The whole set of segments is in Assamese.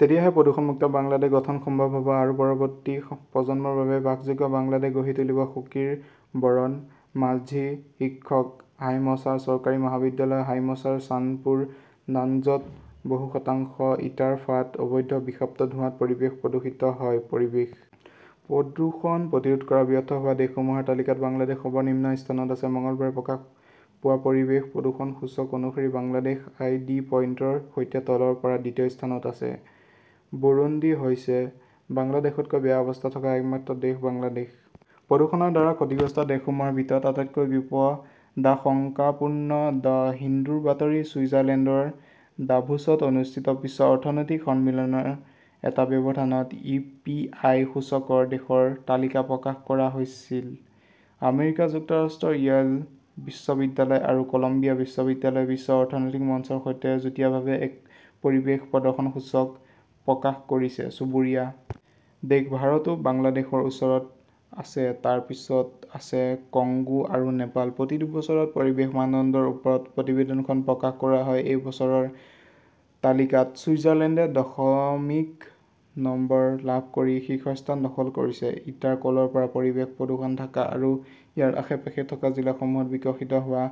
তেতিয়াহে প্ৰদূষণমুক্ত বাংলাদেশ গঠন সম্ভৱ হ'ব আৰু পৰৱৰ্তী প্ৰজন্মৰ বাবে বাসযোগ্য বাংলাদেশ গঢ়ি তুলিব। সুধীৰ বৰণ মাঝিঃ শিক্ষক, হাইমচাৰ চৰকাৰী মহাবিদ্যালয়, হাইমচাৰ, চান্দপুৰ নাঞ্জত বহু শতাংশ ইটাৰ ফাঁট, অবৈধ বিষাক্ত ধোঁৱাত পৰিৱেশ প্ৰদূষিত হয়। পৰিৱেশ প্ৰদূষণ প্ৰতিৰোধ কৰাত ব্যৰ্থ হোৱা দেশসমূহৰ তালিকাত বাংলাদেশ সৰ্বনিম্ন স্থানত আছে। মঙলবাৰে প্ৰকাশ পোৱা পৰিৱেশ প্ৰদৰ্শন সূচক অনুসৰি বাংলাদেশ আই. ডি. পইণ্টৰ সৈতে তলৰ পৰা দ্বিতীয় স্থানত আছে। বুৰুণ্ডী হৈছে বাংলাদেশতকৈ বেয়া অৱস্থাত থকা একমাত্ৰ দেশ। বাংলাদেশ প্ৰদূষণৰ দ্বাৰা ক্ষতিগ্ৰস্ত দেশসমূহৰ ভিতৰত আটাইতকৈ বিপদাশংকাপূৰ্ণ। দ্য হিন্দুৰ বাতৰি। ছুইজাৰলেণ্ডৰ ডাভোছত অনুষ্ঠিত বিশ্ব অৰ্থনৈতিক সন্মিলনৰ এটা ব্যৱধানত ই. পি. আই. সূচকৰ দেশৰ তালিকা প্ৰকাশ কৰা হৈছিল। আমেৰিকা যুক্তৰাষ্ট্ৰৰ ইয়েল বিশ্ববিদ্যালয় আৰু কলম্বিয়া বিশ্ববিদ্যালয়ে বিশ্ব অৰ্থনৈতিক মঞ্চৰ সৈতে যুটীয়াভাৱে এক পৰিৱেশ প্ৰদৰ্শন সূচক প্ৰকাশ কৰিছে। চুবুৰীয়া দেশ ভাৰতো বাংলাদেশৰ ওচৰত আছে। তাৰ পিছত আছে কংগো আৰু নেপাল। প্ৰতি দুবছৰত পৰিৱেশৰ মানদণ্ডৰ ওপৰত প্ৰতিবেদনখন প্ৰকাশ কৰা হয়। এই বছৰৰ তালিকাত ছুইজাৰলেণ্ডে দশমিক নম্বৰ লাভ কৰি শীৰ্ষস্থান দখল কৰিছে। ইটাৰ কলৰ পৰা পৰিৱেশ প্ৰদূষণ ঢাকা আৰু ইয়াৰ আশে-পাশে থকা জিলাসমূহত বিকশিত হোৱা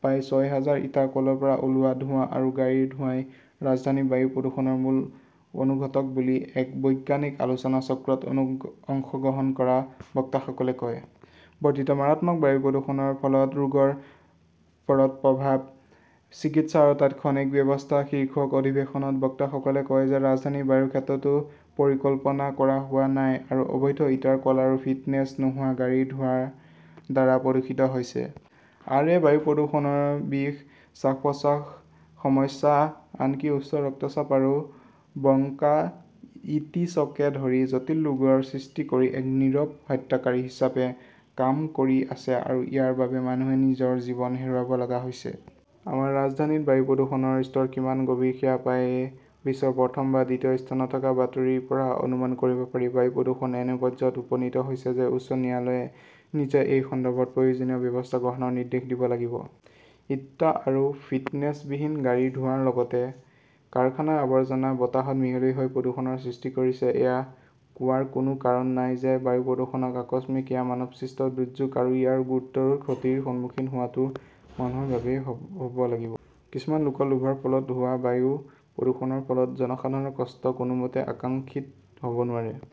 প্ৰায় ছয় হাজাৰ ইটাৰ কলৰ পৰা ওলোৱা ধোঁৱা আৰু গাড়ীৰ ধোঁৱাই ৰাজধানীৰ বায়ু প্ৰদূষণৰ মূল অনুঘটক বুলি এক বৈজ্ঞানিক আলোচনাচক্ৰত অংশগ্ৰহণ কৰা বক্তাসকলে কয়। 'বৰ্ধিত মাৰাত্মক বায়ু প্ৰদূষণৰ ফলত স্তনৰ ৰোগৰ ওপৰত পৰা প্ৰভাৱ, চিকিৎসা আৰু তাৎক্ষণিক ব্যৱস্থা',শীৰ্ষক অধিৱেশনত বক্তাসকলে কয় যে ৰাজধানীৰ বায়ুৰ ক্ষেত্ৰতো পৰিকল্পনা কৰা হোৱা নাই আৰু অবৈধ ইটাৰ কল আৰু ফিটনেছ নোহোৱা গাড়ীৰ ধোঁৱাৰ দ্বাৰা প্ৰদূষিত হৈছে। আৰ. এ. বায়ু প্ৰদূষণে স্তনৰ বিষ, শ্বাস-প্ৰশ্বাসৰ সমস্যা, আনকি উচ্চ ৰক্তচাপ আৰু ব্ৰংকাইটিছকে ধৰি জটিল ৰোগৰ সৃষ্টি কৰি এক নীৰৱ হত্যাকাৰী হিচাপে কাম কৰি আছে আৰু ইয়াৰ বাবে মানুহে নিজৰ জীৱন হেৰুৱাব লগা হৈছে। আমাৰ ৰাজধানীত বায়ু প্ৰদূষণৰ স্তৰ কিমান গভীৰ সেয়া প্ৰায়ে বিশ্বৰ প্ৰথম বা দ্বিতীয় স্থানত থকা বাতৰিৰ পৰা অনুমান কৰিব পাৰি। বায়ু প্ৰদূষণ এনে পৰ্যায়ত উপনীত হৈছে যে উচ্চ ন্যায়ালয়ে নিজেই এই সন্দৰ্ভত প্ৰয়োজনীয় ব্যৱস্থা গ্ৰহণৰ নিৰ্দেশ দিব লাগিব। ইটা আৰু ফিটনেছবিহীন গাড়ীৰ ধোঁৱাৰ লগতে কাৰখানাৰ আৱৰ্জনা বতাহত মিহলি হৈ প্ৰদূষণৰ সৃষ্টি কৰিছে। এয়া কোৱাৰ কোনো কাৰণ নাই যে বায়ু প্ৰদূষণ আকস্মিক, এয়া মানৱসৃষ্ট দুৰ্যোগ আৰু ইয়াৰ গুৰুতৰ ক্ষতিৰ সন্মুখীন হোৱাটোও মানুহৰ বাবেই হ'ব লাগিব। কিছুমান লোকৰ লোভৰ ফলত হোৱা বায়ু প্ৰদূষণৰ ফলত জনসাধাৰণৰ কষ্ট কোনোমতে আকাংক্ষিত হ'ব নোৱাৰে।